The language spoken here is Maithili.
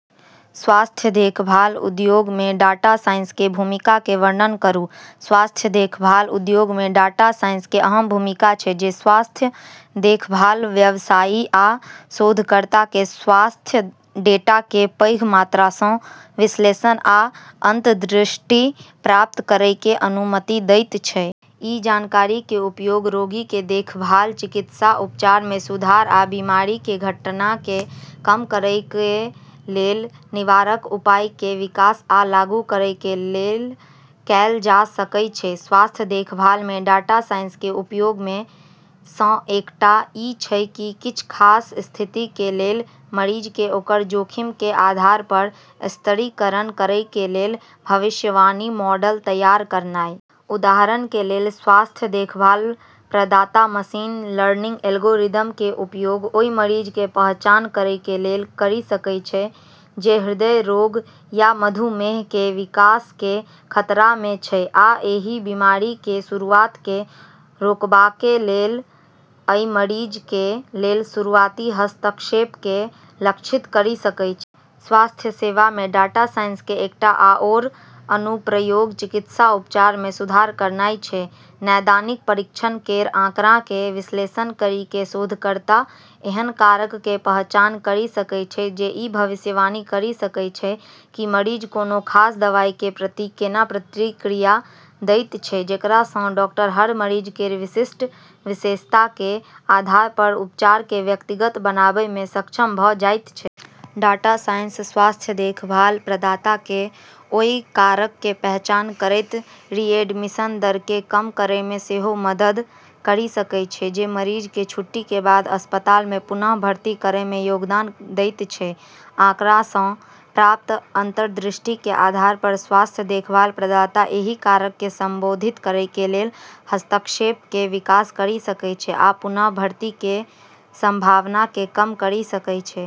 स्वास्थ्य देखभाल उद्योगमे डाटा साइंसके भूमिकाके वर्णन करू - स्वास्थ्य देखभाल उद्योगमे डाटा साइंसके अहम भूमिका छै, जे स्वास्थ्य देखभाल व्यवसायी आ शोधकर्ताके स्वास्थ्य डेटाके पैघ मात्रासँ विश्लेषण आ अंतर्दृष्टि प्राप्त करैके अनुमति दैत छै। ई जानकारीके उपयोग रोगीके देखभाल, चिकित्सा उपचारमे सुधार आ बीमारिके घटनाके कम करैके लेल निवारक उपायके विकास आ लागू करैके लेल कैल जा सकै छै। स्वास्थ्य देखभालमे डाटा साइंसके उपयोगमे सँ एकटा ई छै कि किछ खास स्थितिके लेल मरीजके ओकर जोखिमके आधार पर स्तरीकरण करैके लेल भविष्यवाणी मॉडल तैयार करनाइ। उदाहरणके लेल, स्वास्थ्य देखभाल प्रदाता मशीन लर्निंग एल्गोरिदमके उपयोग ओइ मरीजके पहचान करैके लेल करि सकय छै जे हृदय रोग या मधुमेहके विकासके खतरामे छै आ एहि बीमारिके शुरुआतके रोकबाके लेल अइ मरीजके लेल शुरुआती हस्तक्षेपके लक्षित करि सकय छै। स्वास्थ्य सेवामे डाटा साइंसके एकटा आओर अनुप्रयोग चिकित्सा उपचारमे सुधार करनाइ छै। नैदानिक परीक्षण केर आँकड़ाके विश्लेषण करिके शोधकर्ता एहन कारकके पहचान करि सकै छै जे ई भविष्यवाणी करि सकै छै कि मरीज कोनो खास दवाइके प्रति केना प्रतिक्रिया दैत छै, जेकरासँ डॉक्टर हर मरीज केर विशिष्ट विशेषताके आधार पर उपचारके व्यक्तिगत बनाबैमे सक्षम भ' जाइत छै। डाटा साइंस स्वास्थ्य देखभाल प्रदाताके ओइ कारकके पहचान करैत रिएडमिशन दरके कम करैमे सेहो मदद करि सकै छै जे मरीजके छुट्टीके बाद अस्पतालमे पुनः भर्ती करैमे योगदान दैत छै। आँकड़ासँ प्राप्त अंतर्दृष्टिके आधार पर स्वास्थ्य देखभाल प्रदाता एहि कारकके संबोधित करैके लेल हस्तक्षेपके विकास करि सकै छै आ पुनः भर्तीके संभावनाके कम करि सकै छै।